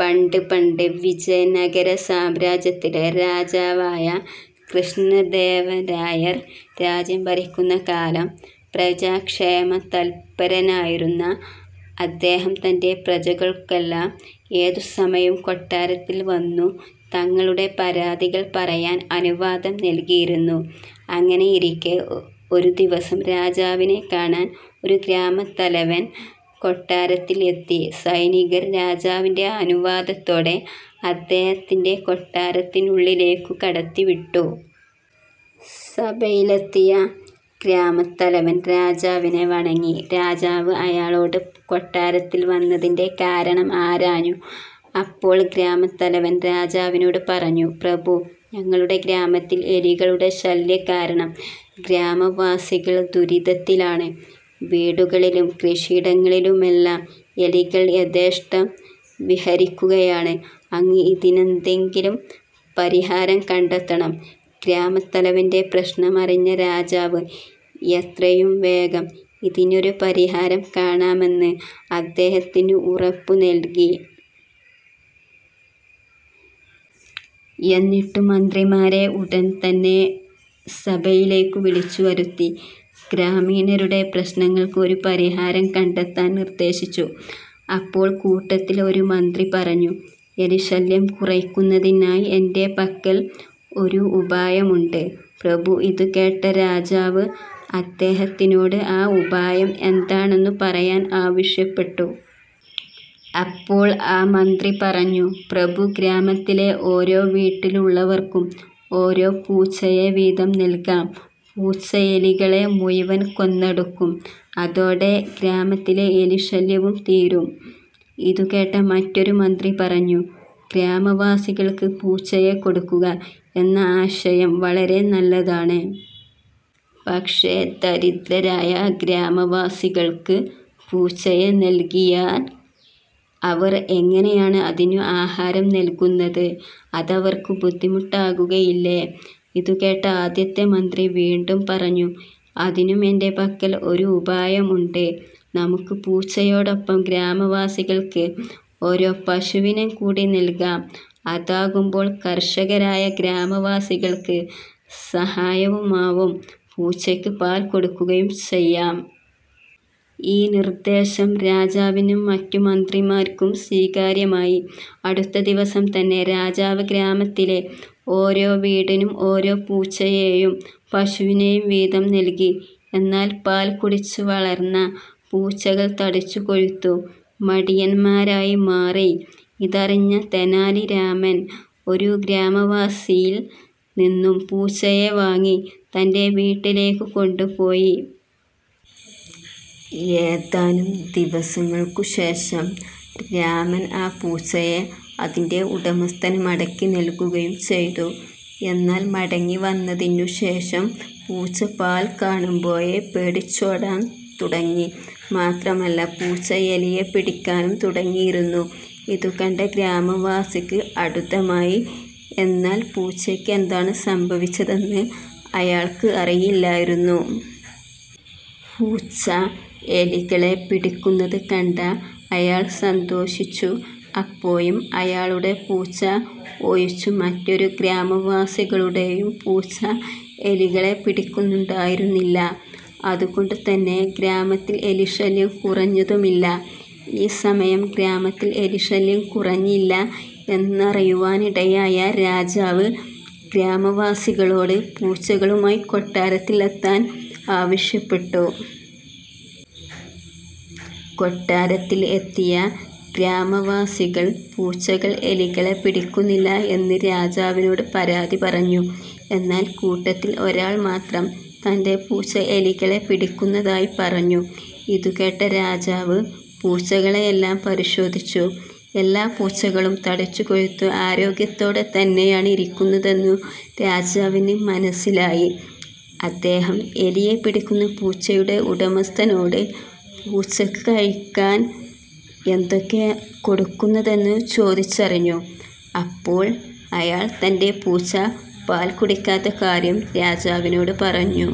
പണ്ടു പണ്ട് വിജയനഗര സാമ്രാജ്യത്തിലെ രാജാവായ കൃഷ്ണദേവരായർ രാജ്യം ഭരിക്കുന്ന കാലം. പ്രജാക്ഷേമ തല്പരനായിരുന്ന അദ്ദേഹം തന്റെ പ്രജകൾക്കെല്ലാം ഏതു സമയവും കൊട്ടാരത്തിൽ വന്നു തങ്ങളുടെ പരാതികൾ പറയാൻ അനുവാദം നൽകിയിരുന്നു. അങ്ങനെയിരിക്കെ ഒരു ദിവസം രാജാവിനെ കാണാൻ ഒരു ഗ്രാമത്തലവൻ കൊട്ടാരത്തിൽ എത്തി. സൈനികർ രാജാവിന്റെ അനുവാദത്തോടെ അദ്ദേഹത്തിനെ കൊട്ടാരത്തിനുള്ളിലേക്കു കടത്തിവിട്ടു. സഭയിലെത്തിയ ഗ്രാമത്തലവൻ രാജാവിനെ വണങ്ങി. രാജാവ് അയാളോട് കൊട്ടാരത്തിൽ വന്നതിന്റെ കാരണം ആരാഞ്ഞു. അപ്പോൾ ഗ്രാമത്തലവൻ രാജാവിനോട് പറഞ്ഞു "പ്രഭു, ഞങ്ങളുടെ ഗ്രാമത്തിൽ എലികളുടെ ശല്യം കാരണം ഗ്രാമവാസികൾ ദുരിതത്തിലാണ്. വീടുകളിലും കൃഷിയിടങ്ങളിലുമെല്ലാം എലികൾ യഥേഷ്ടം വിഹരിക്കുകയാണ്. അങ്ങ് ഇതിനെന്തെങ്കിലും പരിഹാരം കണ്ടെത്തണം. " ഗ്രാമത്തലവന്റെ പ്രശ്നം അറിഞ്ഞ രാജാവ് എത്രയും വേഗം ഇതിനൊരു പരിഹാരം കാണാമെന്ന് അദ്ദേഹത്തിന് ഉറപ്പു നൽകി. എന്നിട്ടു മന്ത്രിമാരെ ഉടൻ തന്നെ സഭയിലേക്കു വിളിച്ചു വരുത്തി. ഗ്രാമീണരുടെ പ്രശ്നങ്ങൾക്ക് ഒരു പരിഹാരം കണ്ടെത്താൻ നിർദ്ദേശിച്ചു. അപ്പോൾ കൂട്ടത്തിൽ ഒരു മന്ത്രി പറഞ്ഞു "എലി ശല്യം കുറയ്ക്കുന്നതിനായി എന്റെ പക്കൽ ഒരു ഉപായം ഉണ്ട് പ്രഭു. " ഇതു കേട്ട രാജാവ് അദ്ദേഹത്തിനോട് ആ ഉപായം എന്താണെന്നു പറയാൻ ആവശ്യപ്പെട്ടു. അപ്പോൾ ആ മന്ത്രി പറഞ്ഞു "പ്രഭു, ഗ്രാമത്തിലെ ഓരോ വീട്ടിലുള്ളവർക്കും ഓരോ പൂച്ചയെ വീതം നൽകാം. പൂച്ച എലികളെ മുഴുവൻ കൊന്നൊടുക്കും അതോടെ ഗ്രാമത്തിലെ എലി ശല്യവും തീരും. " ഇതുകേട്ട മറ്റൊരു മന്ത്രി പറഞ്ഞു "ഗ്രാമവാസികൾക്ക് പൂച്ചയെ കൊടുക്കുക എന്ന ആശയം വളരെ നല്ലതാണ്. പക്ഷെ ദരിദ്രരായ ഗ്രാമവാസികൾക്ക് പൂച്ചയെ നൽകിയാൽ അവർ എങ്ങനെയാണ് അതിനു ആഹാരം നൽകുന്നത്? അതവർക്കു ബുദ്ധിമുട്ട് ആകുകയില്ലേ? " ഇതുകേട്ട ആദ്യത്തെ മന്ത്രി വീണ്ടും പറഞ്ഞു "അതിനും എന്റെ പക്കൽ ഒരു ഉപായം ഉണ്ട്. നമുക്ക് പൂച്ചയോടൊപ്പം ഗ്രാമവാസികൾക്ക് ഓരോ പശുവിനെ കൂടി നൽകാം. അതാകുമ്പോൾ കർഷകരായ ഗ്രാമവാസികൾക്ക് സഹായവുമാകും പൂച്ചയ്ക്ക് പാൽ കൊടുക്കുകയും ചെയ്യാം. " ഈ നിർദ്ദേശം രാജാവിനും മറ്റു മന്ത്രിമാർക്കും സ്വീകാര്യമായി. അടുത്ത ദിവസം തന്നെ രാജാവ് ഗ്രാമത്തിലെ ഓരോ വീടിനും ഓരോ പൂച്ചയേയും പശുവിനെയും വീതം നൽകി. എന്നാൽ പാൽ കുടിച്ചു വളർന്ന പൂച്ചകൾ തടിച്ചു കൊഴുത്തു മടിയന്മാരായി മാറി. ഇതറിഞ്ഞ തെനാലിരാമൻ ഒരു ഗ്രാമവാസിയിൽ നിന്നും പൂച്ചയെ വാങ്ങി തന്റെ വീട്ടിലേക്കു കൊണ്ടുപോയി. ഏതാനും ദിവസങ്ങൾക്കു ശേഷം രാമൻ ആ പൂച്ചയെ അതിന്റെ ഉടമസ്ഥന് മടക്കി നൽകുകയും ചെയ്തു. എന്നാൽ മടങ്ങി വന്നതിനു ശേഷം പൂച്ച പാൽ കാണുമ്പോഴേ പേടിച്ചു ഓടാൻ തുടങ്ങി. മാത്രമല്ല പൂച്ച എലിയെ പിടിക്കാനും തുടങ്ങിയിരുന്നു. ഇതുകണ്ട ഗ്രാമവാസിക്ക് അടുത്ത മായി. എന്നാൽ പൂച്ചയ്ക്ക് എന്താണ് സംഭവിച്ചതെന്ന് അയാൾക്ക് അറിയില്ലായിരുന്നു. പൂച്ച എലികളെ പിടിക്കുന്നത് കണ്ട അയാൾ സന്തോഷിച്ചു. അപ്പോഴും അയാളുടെ പൂച്ച ഒഴിച്ചു മറ്റൊരു ഗ്രാമവാസികളുടെയും പൂച്ച എലികളെ പിടിക്കുന്നുണ്ടായിരുന്നില്ല. അതുകൊണ്ടു തന്നെ ഗ്രാമത്തിൽ എലി ശല്യം കുറഞ്ഞതുമില്ല. ഈ സമയം ഗ്രാമത്തിൽ എലി ശല്യം കുറഞ്ഞില്ല എന്നറിയുവാനിടയായ രാജാവ് ഗ്രാമവാസികളോട് പൂച്ചകളുമായി കൊട്ടാരത്തിൽ എത്താൻ ആവശ്യപ്പെട്ടു. കൊട്ടാരത്തിൽ എത്തിയ ഗ്രാമവാസികൾ പൂച്ചകൾ എലികളെ പിടിക്കുന്നില്ല എന്ന് രാജാവിനോട് പരാതി പറഞ്ഞു. എന്നാൽ കൂട്ടത്തിൽ ഒരാൾ മാത്രം തന്റെ പൂച്ച എലികളെ പിടിക്കുന്നതായി പറഞ്ഞു. ഇതുകേട്ട രാജാവ് പൂച്ചകളെയെല്ലാം പരിശോധിച്ചു. എല്ലാ പൂച്ചകളും തടിച്ചു കൊഴുത്തു ആരോഗ്യത്തോടെ തന്നെയാണ് ഇരിക്കുന്നതെന്നു രാജാവിന് മനസിലായി. അദ്ദേഹം എലിയെ പിടിക്കുന്ന പൂച്ചയുടെ ഉടമസ്ഥനോട് പൂച്ചക്ക് കഴിക്കാൻ എന്തൊക്കെയാണ് കൊടുക്കുന്നതെന്നു ചോദിച്ചറിഞ്ഞു. അപ്പോൾ അയാൾ തന്റെ പൂച്ച പാൽ കുടിക്കാത്ത കാര്യം രാജാവിനോട് പറഞ്ഞു.